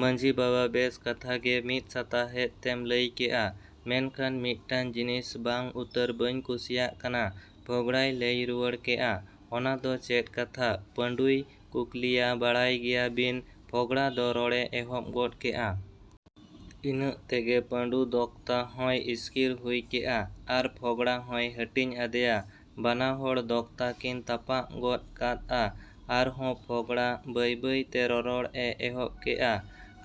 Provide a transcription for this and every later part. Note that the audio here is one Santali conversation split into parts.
ᱢᱟᱺᱡᱷᱤ ᱵᱟᱵᱟ ᱵᱮᱥ ᱠᱟᱛᱷᱟ ᱜᱮ ᱢᱤᱫ ᱥᱟᱛᱟᱦᱮᱫ ᱛᱮᱢ ᱞᱟᱹᱭ ᱠᱮᱜᱼᱟ᱾ ᱢᱮᱱᱠᱷᱟᱱ ᱢᱤᱫᱴᱟᱝ ᱡᱤᱱᱤᱥ ᱵᱟᱝ ᱩᱛᱟᱹᱨ ᱵᱟᱹᱧ ᱠᱩᱥᱤᱭᱟᱜ ᱠᱟᱱᱟ ᱯᱷᱚᱜᱽᱲᱟᱭ ᱞᱟᱹᱭ ᱨᱩᱣᱟᱹᱲ ᱠᱮᱜᱼᱟ ᱾ ᱚᱱᱟ ᱫᱚ ᱪᱮᱫ ᱠᱟᱛᱷᱟ ᱯᱟᱺᱰᱩᱭ ᱠᱩᱜᱞᱤᱭᱟ ᱵᱟᱰᱟᱭ ᱜᱮᱭᱟ ᱵᱤᱱ ᱯᱷᱚᱜᱽᱲᱟ ᱫᱚ ᱨᱚᱲᱮ ᱮᱦᱚᱵ ᱜᱚᱫ ᱠᱮᱜᱼᱟ᱾ ᱤᱱᱟᱹᱜ ᱛᱮᱜᱮ ᱯᱟᱺᱰᱩ ᱫᱚᱠᱛᱟ ᱦᱚᱸᱭ ᱤᱥᱠᱤᱨ ᱦᱩᱭ ᱠᱮᱜᱼᱟ ᱟᱨ ᱯᱷᱚᱜᱽᱲᱟ ᱦᱚᱸᱭ ᱦᱟᱹᱴᱤᱧ ᱟᱫᱮᱭᱟ᱾ ᱵᱟᱱᱟ ᱦᱚᱲ ᱫᱚᱠᱛᱟ ᱠᱤᱱ ᱛᱟᱯᱟᱜ ᱜᱚᱫ ᱠᱟᱫᱼᱟ ᱟᱨ ᱦᱚᱸ ᱯᱷᱚᱜᱽᱲᱟ ᱵᱟᱹᱭ ᱵᱟᱹᱭ ᱛᱮ ᱨᱚᱨᱚᱲ ᱮ ᱮᱦᱚᱵ ᱠᱮᱼᱟ᱾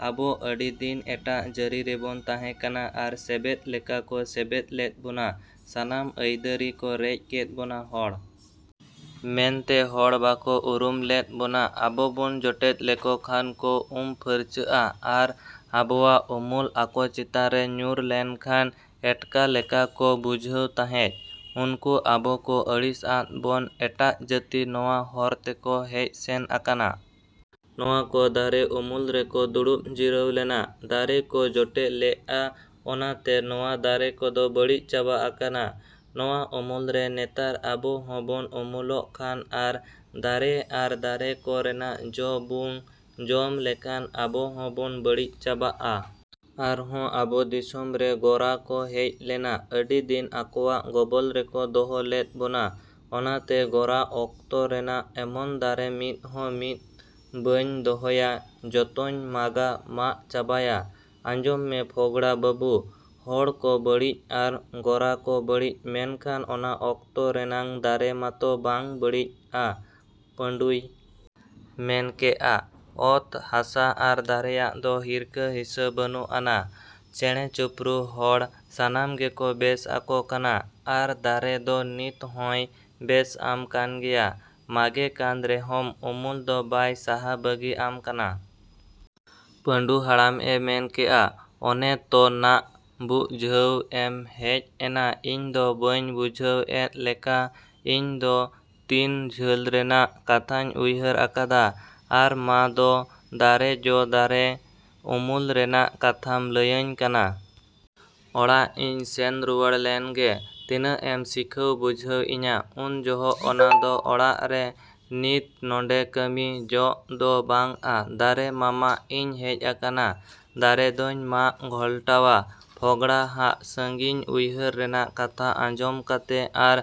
ᱟᱵᱚ ᱟᱹᱰᱤ ᱫᱤᱱ ᱮᱴᱟᱜ ᱡᱟᱹᱨᱤ ᱨᱮᱵᱚᱱ ᱛᱟᱦᱮᱸ ᱠᱟᱱᱟ ᱟᱨ ᱥᱮᱵᱮᱫ ᱞᱮᱠᱟ ᱠᱚ ᱥᱮᱵᱮᱫ ᱞᱮᱫ ᱵᱚᱱᱟ ᱥᱟᱱᱟᱢ ᱟᱹᱭᱫᱟᱹᱨᱤ ᱠᱚ ᱨᱮᱡ ᱠᱮᱫ ᱵᱚᱱᱟ ᱾ᱦᱚᱲ ᱢᱮᱱᱛᱮ ᱦᱚᱲ ᱵᱟᱠᱚ ᱩᱨᱩᱢ ᱞᱮᱫ ᱵᱚᱱᱟ ᱟᱵᱚ ᱵᱚᱱ ᱡᱚᱴᱮᱫ ᱞᱮᱠᱚ ᱠᱷᱟᱱ ᱠᱚ ᱩᱢ ᱯᱷᱟᱹᱨᱪᱟᱹᱜᱼᱟ ᱟᱨ ᱟᱵᱚᱣᱟᱜ ᱩᱢᱩᱞ ᱟᱠᱚ ᱪᱮᱛᱟᱱ ᱨᱮ ᱧᱩᱨ ᱞᱮᱱ ᱠᱷᱟᱱ ᱮᱴᱠᱟ ᱞᱮᱠᱟ ᱠᱚ ᱵᱩᱡᱷᱟᱹᱣ ᱛᱟᱦᱮᱸᱡ᱾ ᱩᱱᱠᱩ ᱟᱵᱚ ᱠᱚ ᱟᱹᱲᱤᱥ ᱟᱫ ᱵᱚᱱ ᱮᱴᱟᱜ ᱡᱟᱹᱛᱤ ᱱᱚᱶᱟ ᱦᱚᱨ ᱛᱮᱠᱚ ᱦᱮᱡ ᱥᱮᱱ ᱟᱠᱟᱱᱟ᱾ ᱱᱚᱶᱟ ᱠᱚ ᱫᱟᱨᱮ ᱩᱢᱩᱞ ᱨᱮᱠᱚ ᱫᱩᱲᱩᱵ ᱡᱤᱨᱟᱹᱣ ᱞᱮᱱᱟ ᱫᱟᱨᱮ ᱠᱚ ᱡᱚᱴᱮᱫ ᱞᱮᱜᱼᱟ ᱚᱱᱟᱛᱮ ᱱᱚᱶᱟ ᱫᱟᱨᱮ ᱠᱚᱫᱚ ᱵᱟᱹᱲᱤᱡ ᱪᱟᱵᱟ ᱟᱠᱟᱱᱟ᱾ ᱱᱚᱶᱟ ᱩᱢᱩᱞ ᱨᱮ ᱱᱮᱛᱟᱨ ᱟᱵᱚ ᱦᱚᱸ ᱵᱚᱱ ᱩᱢᱩᱞᱚᱜ ᱠᱷᱟᱱ ᱟᱨ ᱫᱟᱨᱮ ᱟᱨ ᱫᱟᱨᱮ ᱠᱚ ᱨᱮᱱᱟᱜ ᱡᱚ ᱵᱩᱝ ᱡᱚᱢ ᱞᱮᱠᱷᱟᱱ ᱟᱵᱚ ᱦᱚᱸ ᱵᱚᱱ ᱵᱟᱹᱲᱤᱡ ᱪᱟᱵᱟᱜᱼᱟ᱾ ᱟᱨ ᱦᱚᱸ ᱟᱵᱚ ᱫᱤᱥᱚᱢ ᱨᱮ ᱜᱚᱨᱟ ᱠᱚ ᱦᱮᱡ ᱞᱮᱱᱟ ᱟᱹᱰᱤ ᱫᱤᱱ ᱟᱠᱚᱣᱟᱜ ᱜᱚᱵᱚᱞ ᱨᱮᱠᱚ ᱫᱚᱦᱚ ᱞᱮᱫ ᱵᱚᱱᱟ᱾ᱚᱱᱟᱛᱮ ᱜᱚᱨᱟ ᱚᱠᱛᱚ ᱨᱮᱱᱟᱜ ᱮᱢᱚᱱ ᱫᱟᱨᱮ ᱢᱤᱫ ᱦᱚᱸ ᱢᱤᱫ ᱵᱟᱹᱧ ᱫᱚᱦᱚᱭᱟ ᱡᱚᱛᱚᱧ ᱢᱟᱜᱟᱼᱢᱟᱜ ᱪᱟᱵᱟᱭᱟ᱾ᱟᱸᱡᱚᱢ ᱢᱮ ᱯᱷᱚᱜᱽᱲᱟ ᱵᱟᱹᱵᱩ ᱦᱚᱲ ᱠᱚ ᱵᱟᱹᱲᱤᱡ ᱟᱨ ᱜᱚᱨᱟ ᱠᱚ ᱵᱟᱹᱲᱤᱡ ᱢᱮᱱᱠᱷᱟᱱ ᱚᱱᱟ ᱚᱠᱛᱚ ᱨᱮᱱᱟᱝ ᱫᱟᱨᱮ ᱢᱟᱛᱚ ᱵᱟᱝ ᱵᱟᱹᱲᱤᱜ ᱼᱟ ᱾ᱯᱟᱺᱰᱩᱭ ᱢᱮᱱ ᱠᱮᱜᱼᱟ᱾ ᱚᱛ ᱦᱟᱥᱟ ᱟᱨ ᱫᱟᱨᱮᱭᱟᱜ ᱫᱚ ᱦᱤᱨᱠᱟᱹ ᱦᱤᱥᱟᱹ ᱵᱟᱹᱱᱩᱜ ᱟᱱᱟ᱾ ᱪᱮᱬᱮ ᱪᱤᱯᱨᱩ ᱦᱚᱲ ᱥᱟᱱᱟᱢ ᱜᱮᱠᱚ ᱵᱮᱥ ᱟᱠᱚ ᱠᱟᱱᱟ ᱟᱨ ᱫᱟᱨᱮ ᱫᱚ ᱱᱤᱛ ᱦᱚᱸᱭ ᱵᱮᱥ ᱟᱢ ᱠᱟᱱ ᱜᱮᱭᱟ᱾ ᱢᱟᱜᱮ ᱠᱟᱱ ᱨᱮᱦᱚᱢ ᱩᱢᱩᱞ ᱫᱚ ᱵᱟᱭ ᱥᱟᱦᱟ ᱵᱟᱹᱜᱤ ᱟᱢ ᱠᱟᱱᱟ᱾ ᱯᱟᱺᱰᱩ ᱦᱟᱲᱟᱢ ᱮ ᱢᱮᱱ ᱠᱮᱜᱼᱟ᱾ ᱚᱱᱮ ᱛᱚ ᱱᱷᱟᱜ ᱵᱩᱜᱡᱷᱟᱹᱣ ᱮᱢ ᱦᱮᱡ ᱮᱱᱟ ᱤᱧ ᱫᱚ ᱵᱟᱹᱧ ᱵᱩᱡᱷᱟᱹᱣ ᱮᱫ ᱞᱮᱠᱟ ᱤᱧ ᱫᱚ ᱛᱤᱱ ᱡᱷᱟᱹᱞ ᱨᱮᱱᱟᱜ ᱠᱟᱛᱷᱟᱹᱧ ᱩᱭᱦᱟᱹᱨ ᱟᱠᱟᱫᱟ᱾ ᱟᱨ ᱢᱟ ᱫᱚ ᱫᱟᱨᱮ ᱡᱚ ᱫᱟᱨᱮ ᱩᱢᱩᱞ ᱨᱮᱱᱟᱜ ᱠᱟᱛᱷᱟᱢ ᱞᱟᱹᱭᱟᱹᱧ ᱠᱟᱱᱟ᱾ ᱚᱲᱟᱜ ᱤᱧ ᱥᱮᱱ ᱨᱩᱣᱟᱹᱲ ᱞᱮᱱᱜᱮ᱾ ᱛᱤᱱᱟᱹᱜ ᱮᱢ ᱥᱤᱠᱷᱟᱹᱣ ᱵᱩᱡᱷᱟᱹᱣ ᱤᱧᱟ ᱩᱱ ᱡᱚᱦᱚᱜ ᱚᱱᱟ ᱫᱚ ᱚᱲᱟᱜ ᱨᱮ ᱱᱤᱛ ᱱᱚᱰᱮ ᱠᱟᱹᱢᱤ ᱡᱚᱦᱜ ᱫᱚ ᱵᱟᱝᱟ ᱫᱟᱨᱮ ᱢᱟᱢᱟᱜ ᱤᱧ ᱦᱮᱡ ᱟᱠᱟᱱᱟ᱾ ᱫᱟᱨᱮ ᱫᱚᱧ ᱢᱟᱜ ᱜᱷᱚᱞᱴᱟᱣᱟ ᱯᱷᱚᱜᱽᱲᱟ ᱦᱟᱜ ᱥᱟᱺᱜᱤᱧ ᱩᱭᱦᱟᱹᱨ ᱨᱮᱱᱟᱜ ᱠᱟᱛᱷᱟ ᱟᱸᱡᱚᱢ ᱠᱟᱛᱮ ᱟᱨ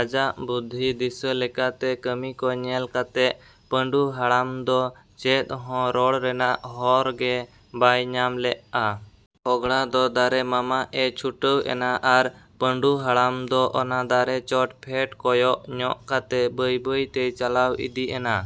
ᱟᱡᱟᱜ ᱵᱩᱫᱷᱤ ᱫᱤᱥᱟᱹ ᱞᱮᱠᱟ ᱛᱮ ᱠᱟᱹᱢᱤ ᱠᱚ ᱧᱮᱞ ᱠᱟᱛᱮ ᱯᱟᱺᱰᱩ ᱦᱟᱲᱟᱢ ᱫᱚ ᱪᱮᱫ ᱦᱚᱸ ᱨᱚᱲ ᱨᱮᱱᱟᱜ ᱦᱚᱨ ᱜᱮ ᱵᱟᱭ ᱧᱟᱢ ᱞᱮᱜᱼᱟ᱾ ᱯᱷᱚᱜᱽᱲᱟ ᱫᱚ ᱫᱟᱨᱮ ᱢᱟᱢᱟᱜᱼᱮ ᱪᱷᱩᱴᱟᱹᱣ ᱮᱱᱟ ᱟᱨ ᱯᱟᱺᱰᱩ ᱦᱟᱲᱟᱢ ᱫᱚ ᱚᱱᱟ ᱫᱟᱨᱮ ᱪᱚᱴ ᱯᱷᱮᱰ ᱠᱚᱭᱚᱜ ᱧᱚᱜ ᱠᱟᱛᱮ ᱵᱟᱹᱭ ᱵᱟᱹᱭ ᱛᱮᱭ ᱪᱟᱞᱟᱣ ᱤᱫᱤ ᱮᱱᱟ᱾